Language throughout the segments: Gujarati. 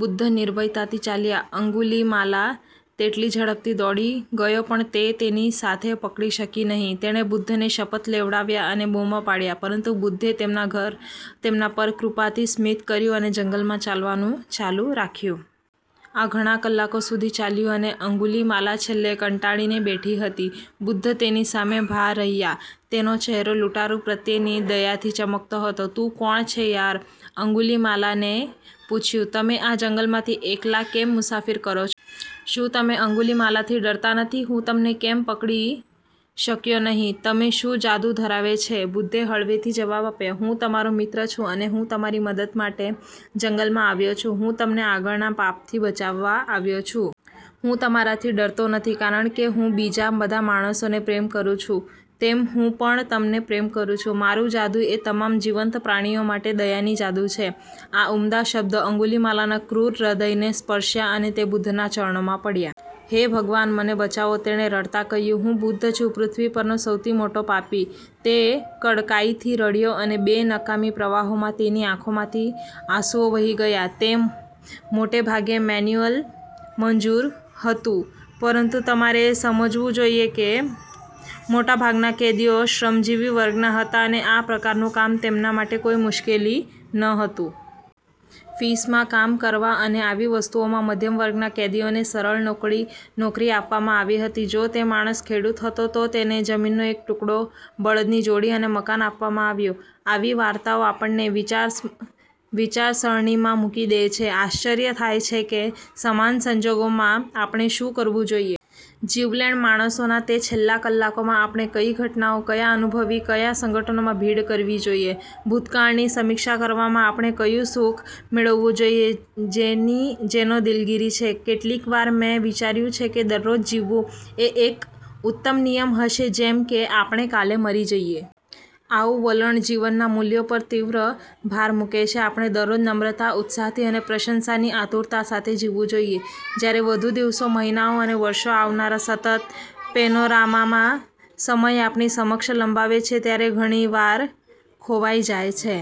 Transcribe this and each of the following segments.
બુદ્ધ નિર્ભયતાથી ચાલ્યા. અંગુલિમાલા તેટલી ઝડપથી દોડી ગયો પણ તે તેની સાથે પકડી શકી નહીં. તેણે બુદ્ધને શપથ લેવડાવ્યા અને બુમો પાડ્યા, પરંતુ બુદ્ધે તેમના પર કૃપાથી સ્મિત કર્યું અને જંગલમાં ચાલવાનું ચાલુ રાખ્યું. આ ઘણા કલાકો સુધી ચાલ્યું અને અંગુલીમાલા છેલ્લે કંટાળીને બેઠી હતી. બુદ્ધ તેની સામે. ભા રહ્યા. તેનો ચહેરો લૂંટારુ પ્રત્યેની દયાથી ચમકતો હતો. 'તું કોણ છે યાર? ' અંગુલિમાલાને પૂછ્યું. 'તમે આ જંગલમાંથી એકલા કેમ મુસાફરી કરો છો? શું તમે અંગુલિમાલાથી ડરતા નથી? હું તમને કેમ પકડી શક્યો નહીં? તમે શું જાદુ ધરાવે છે? બુદ્ધે હળવેથી જવાબ આપ્યો, 'હું તમારો મિત્ર છું અને હું તમારી મદદ માટે જંગલમાં આવ્યો છું. હું તમને આગળના પાપથી બચાવવા આવ્યો છું. હું તમારાથી ડરતો નથી કારણ કે હું બીજા બધા માણસોને પ્રેમ કરું છું તેમ હું પણ તમને પ્રેમ કરું છું. મારું જાદુ એ તમામ જીવંત પ્રાણીઓ માટે દયાની જાદુ છે. ' આ ઉમદા શબ્દો અંગુલિમાલાના ક્રૂર હૃદયને સ્પર્શ્યા અને તે બુદ્ધના ચરણોમાં પડ્યા. " હે ભગવાન મને બચાવો! ' તેણે રડતાં કહ્યું. 'હું બુદ્ધ છું પૃથ્વી પરનો સૌથી મોટો પાપી'. તે કડકાઈથી રડ્યો અને બે નકામી પ્રવાહોમાં તેની આંખોમાંથી આંસુઓ વહી ગયા. 'તે મોટે ભાગે મેન્યુઅલ મજૂર હતું, પરંતુ તમારે એ સમજવું જોઇએ કે મોટાભાગના કેદીઓ શ્રમજીવી વર્ગના હતા, અને આ પ્રકારનું કામ તેમના માટે કોઈ મુશ્કેલી ન હતું. -ફિસમાં કામ કરવા અને આવી વસ્તુઓમાં મધ્યમ વર્ગના કેદીઓને સરળ નોકરી આપવામાં આવી હતી. જો તે માણસ ખેડૂત હતો, તો તેને જમીનનો એક ટુકડો, બળદની જોડી અને મકાન આપવામાં આવ્યું. આવી વાર્તાઓ આપણને વિચારસરણીમાં મૂકી દે છે, આશ્ચર્ય થાય છે કે સમાન સંજોગોમાં આપણે શું કરવું જોઈએ. જીવલેણ માણસોના તે છેલ્લા કલાકોમાં આપણે કઈ ઘટનાઓ, કયા અનુભવો, કયા સંગઠનોમાં ભીડ કરવી જોઈએ? ભૂતકાળની સમીક્ષા કરવામાં આપણે કયું સુખ મેળવવું જોઈએ, જેનો દિલગીરી છે? કેટલીકવાર મેં વિચાર્યું છે કે દરરોજ જીવવું એ એક ઉત્તમ નિયમ હશે જેમ કે આપણે કાલે મરી જઈએ. આવું વલણ જીવનના મૂલ્યો પર તીવ્ર ભાર મૂકે છે. આપણે દરરોજ નમ્રતા, ઉત્સાહથી અને પ્રશંસાની આતુરતા સાથે જીવવું જોઈએ, જ્યારે વધુ દિવસો, મહિનાઓ અને વર્ષો આવનારા સતત પેનોરામામાં સમય આપણી સમક્ષ લંબાવે છે ત્યારે ઘણી વાર ખોવાઈ જાય છે.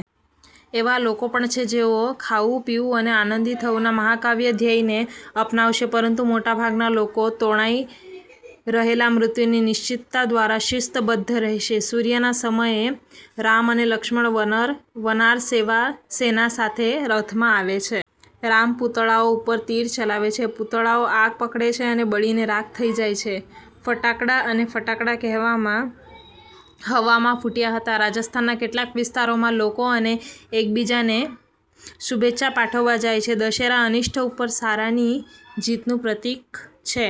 એવા લોકો પણ છે, જેઓ 'ખાવું, પીવું અને આનંદી થવું' ના મહાકાવ્ય ધ્યેયને અપનાવશે, પરંતુ મોટાભાગના લોકો તોળાઈ રહેલા મૃત્યુની નિશ્ચિતતા દ્વારા શિસ્તબદ્ધ રહેશે. સૂર્યના સમયે રામ અને લક્ષ્મણ વનાર સેના સાથે રથમાં આવે છે. રામ પુતળાઓ ઉપર તીર ચલાવે છે. પુતળાઓ આગ પકડે છે અને બળીને રાખ થઈ જાય છે. ફટાકડા અને ફટાકડા હવામાં ફૂટ્યા હતા. રાજસ્થાનના કેટલાક વિસ્તારોમાં લોકો એક બીજાને શુભેચ્છા પાઠવવા જાય છે. દશેરા અનિષ્ટ ઉપર સારાની જીતનું પ્રતીક છે.